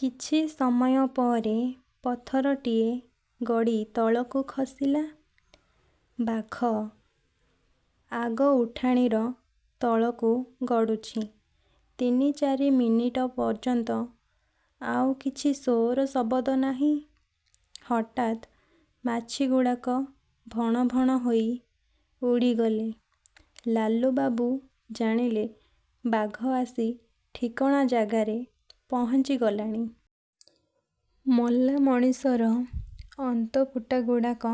କିଛି ସମୟ ପରେ ପଥରଟିଏ ଗଡ଼ି ତଳକୁ ଖସିଲା। ବାଘ ଆଗ ଉଠାଣିର ତଳକୁ ଗଡ଼ୁଛି। ତିନି ଚାରି ମିନିଟ ପର୍ଯ୍ୟନ୍ତ ଆଉ କିଛି ସୋର ଶବ୍ଦ ନାହିଁ। ହଠାତ୍ ମାଛିଗୁଡ଼ାକ ଭଣ ଭଣ ହୋଇ ଉଡ଼ିଗଲେ। ଲାଲୁବାବୁ ଜାଣିଲେ ବାଘ ଆସି ଠିକଣା ଜାଗାରେ ପହଞ୍ଚିଗଲାଣି। ମଲାମଣିଷର ଅନ୍ତପୁଟାଗୁଡ଼ାକ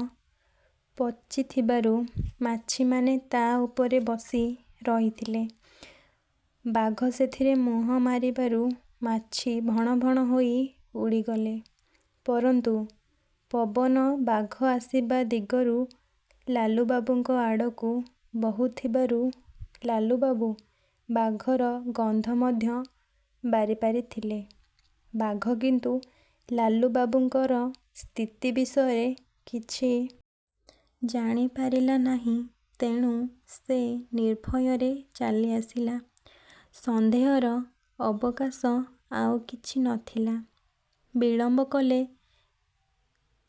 ପଚିଥିବାରୁ ମାଛିମାନେ ତା' ଉପରେ ବସି ରହିଥିଲେ। ବାଘ ସେଥିରେ ମୁହଁ ମାରିବାରୁ ମାଛି ଭଣ ଭଣ ହୋଇ ଉଡ଼ିଗଲେ। ପରନ୍ତୁ ପବନ ବାଘ ଆସିବା ଦିଗରୁ ଳାଲୁବାବୁଙ୍କ ଆଡ଼କୁ ବହୁଥିବାରୁ ଲାଲୁବାବୁ ବାଘର ଗନ୍ଧ ମଧ୍ୟ ବାରିପାରିଥିଲେ। ବାଘ କିନ୍ତୁ ଲାଲୁବାବୁଙ୍କର ସ୍ଥିତି ବିଷୟରେ କିଛି। ଜାଣି ପାରିଲା ନାହିଁ। ତେଣୁ ସେ ନିର୍ଭୟରେ ଚାଲି ଆସିଲା। ସନ୍ଦେହର ଅବକାଶ ଆଉ କିଛି ନଥିଲା। ବିଳମ୍ବ କଲେ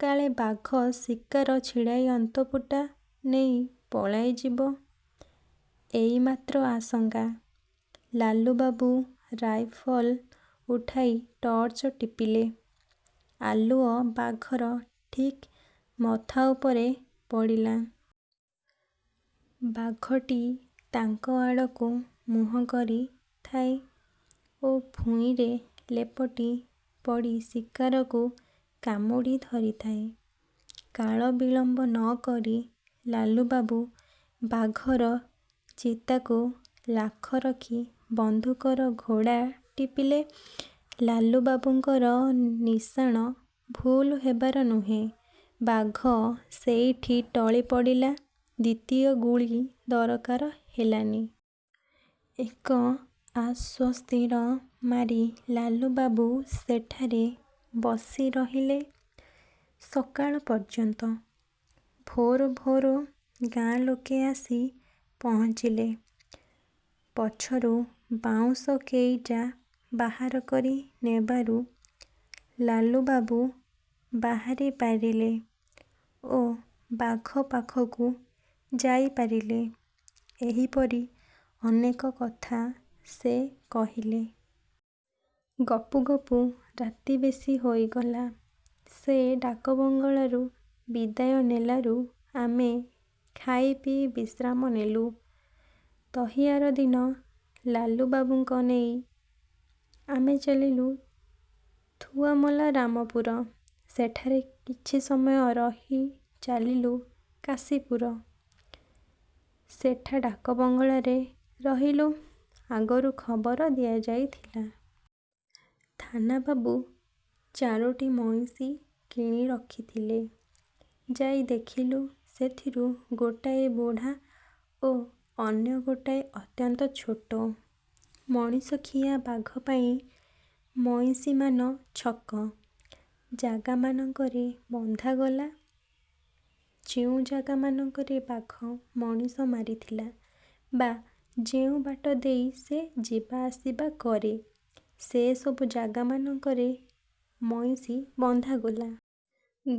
କାଳେ ବାଘ ଶିକା ଛିଡ଼ାଇ ଅନ୍ତପୁଟା ନେଇ ପଳାଇଯିବ-ଏଇ ମାତ୍ର ଆଶଙ୍କା। ଲାଲୁବାବୁ ରାଇଫଲ ଉଠାଇ ଟର୍ଚ୍ଚ ଟିପିଲେ। ଆଲୁଅ ବାଘର ଠିକ ମଥା ଉପରେ ପଡ଼ିଲା। ବାଘଟି ତାଙ୍କ ଆଡ଼କୁ ମୁହଁ କରିଥାଏ ଓ ଭୂଇଁରେ ଲେପଟି ପଡ଼ି ଶିକାକୁ କାମୁଡ଼ି ଧରିଥାଏ,। କାଳ ବିଳମ୍ବ ନକରି ଲାଲୁବାବୁ ବାଘର ଚିତାକୁ ଲାଖ ରଖି ବନ୍ଧୁକର ଘୋଡ଼ା ଟିପିଲେ। ଲାଲୁବାବୁଙ୍କର ନିଶାଣ ଭୁଲ ହେବାର ନୁହେଁ। ବାଘ ସେଇଠି ଟଳି ପଡ଼ିଲା। ଦ୍ୱିତୀୟ ଗୁଳି ଦରକାର ହେଲାନି। ଏକ ଆଶ୍ୱସ୍ତିର ମାରି ଲାଲୁବାବୁ ସେଠାରେ ବସି ରହିଲେ ସକାଳ ପର୍ଯ୍ୟନ୍ତ। ଭୋର ଭୋର ଗାଁ ଲୋକେ ଆସି ପହଁଞ୍ଚିଲେ। ପଛରୁ ବାଉଁଶ କେଇଟା ବାହାର କରି ନେବାରୁ ଲାଲୁବାବୁ ବାହାରି ପାରିଲେ ଓ ବାଘ ପାଖକୁ ଯାଇପାରିଲେ। ଏହିପରି ଅନେକ କଥା ସେ କହିଲେ। ଗପୁ ଗପୁ ରାତି ବେଶି ହୋଇଗଲା। ସେ ଡାକବଙ୍ଗଳାରୁ ବିଦାୟ ନେଲାରୁ ଆମେ ଖାଇ ପିଇ ବିଶ୍ରାମ ନେଲୁ। ତହିଁଆରଦିନ ଲାଲୁବାବୁଙ୍କ ନେଇ ଆମେ ଚାଲିଲୁ ଥୁଆମଲ ରାମପୁର। ସେଠାରେ କିଛି ସମୟ ରହି ଚାଲିଲୁ କାଶୀପୁର। ସେଠା ଡାକବଙ୍ଗଳାରେ ରହିଲୁ। ଆଗରୁ ଖବର ଦିଆଯାଇଥିଲା। ଥାନା ବାବୁ ଚାରୋଟି ମଇଁଷି କିଣି ରଖିଥିଲେ। ଯାଇ ଦେଖିଲୁ ସେଥିରୁ ଗୋଟାଏ ବୁଢ଼ା ଓ ଅନ୍ୟ ଗୋଟାଏ ଅତ୍ୟନ୍ତ ଛୋଟ। ମଣିଷଖିଆ ବାଘ ପାଇଁ ମଇଁଷିମାନ ଛକ ଜାଗାମାନଙ୍କରେ ବନ୍ଧାଗଲା। ଯେଉଁ ଜାଗାମାନଙ୍କରେ ବାଘ ମଣିଷ ମାରିଥିଲା ବା ଯେଉଁ ବାଟ ଦେଇ ସେ ଯିବାଆସିବା କରେ ସେ ସବୁ ଜାଗାମାନଙ୍କରେ ମଇଁଷି ବନ୍ଧାଗଲା।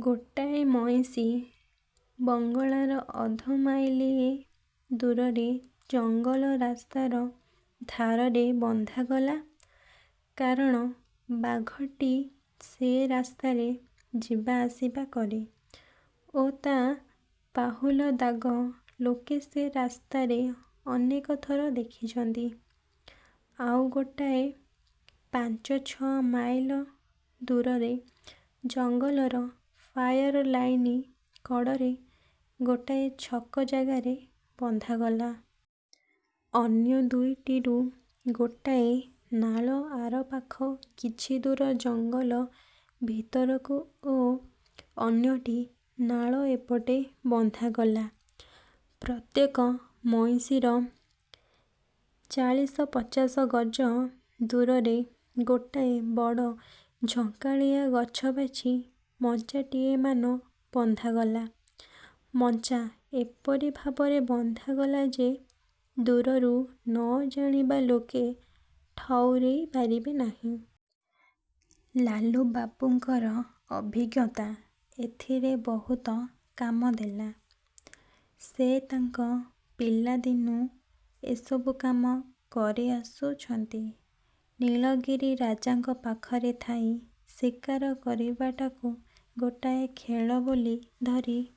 ଗୋଟାଏ ମଇଁଷି ବଙ୍ଗଳାର ଅଧମାଇଲିଏ ଦୂରରେ ଜଙ୍ଗଲ ରାସ୍ତାର ଧାରରେ ବନ୍ଧାଗଲା, କାରଣ ବାଘଟି ସେ ରାସ୍ତାରେ ଯିବା ଆସିବା କରେ ଓ ତା' ପାହୁଲ ଦାଗ ଲୋକେ ସେ ରାସ୍ତାରେ ଅନେକ ଥର ଦେଖିଛନ୍ତି। ଆଉ ଗୋଟାଏ ପାଞ୍ଚ ଛଅ ମାଇଲ ଦୂରରେ ଜଙ୍ଗଲର 'ଫାୟାର ଲାଇନ୍' କଡ଼ରେ ଗୋଟାଏ ଛକ ଜାଗାରେ ବନ୍ଧାଗଲା। ଅନ୍ୟ ଦୁଇଟିରୁ ଗୋଟାଏ ନାଳ ଆରପାଖ କିଛି ଦୂର ଜଙ୍ଗଲ ଭିତରକୁ ଓ ଅନ୍ୟଟି ନାଳ ଏପଟେ ବନ୍ଧାଗଲା। ପ୍ରତ୍ୟେକ ମଇଁଷିର ଚାଳିଶ ପଚାଶ ଗଜ ଦୂରରେ ଗୋଟାଏ ବଡ଼ ଝଙ୍କାଳିଆ ଗଛ ବାଛି ମଞ୍ଚାଟିଏମାନ ବନ୍ଧାଗଲା। ମଞ୍ଚା ଏପରି ଭାବରେ ବନ୍ଧାଗଲା ଯେ ଦୂରରୁ ନ ଜାଣିବା ଲୋକେ ଠଉରେଇ ପାରିବେ ନାହିଁ। ଲାଲୁବାବୁଙ୍କର ଅଭିଜ୍ଞତା ଏଥିରେ ବହୁତ କାମ ଦେଲା। ସେ ତାଙ୍କ ପିଲା ଦିନୁ ଏସବୁ କାମ କରି ଆସୁଛନ୍ତି। ନୀଳଗିରି ରାଜାଙ୍କ ପାଖରେ ଥାଇ ଶିକାର କରିବାଟାକୁ ଗୋଟାଏ ଖେଳ ବୋଲି ଧରି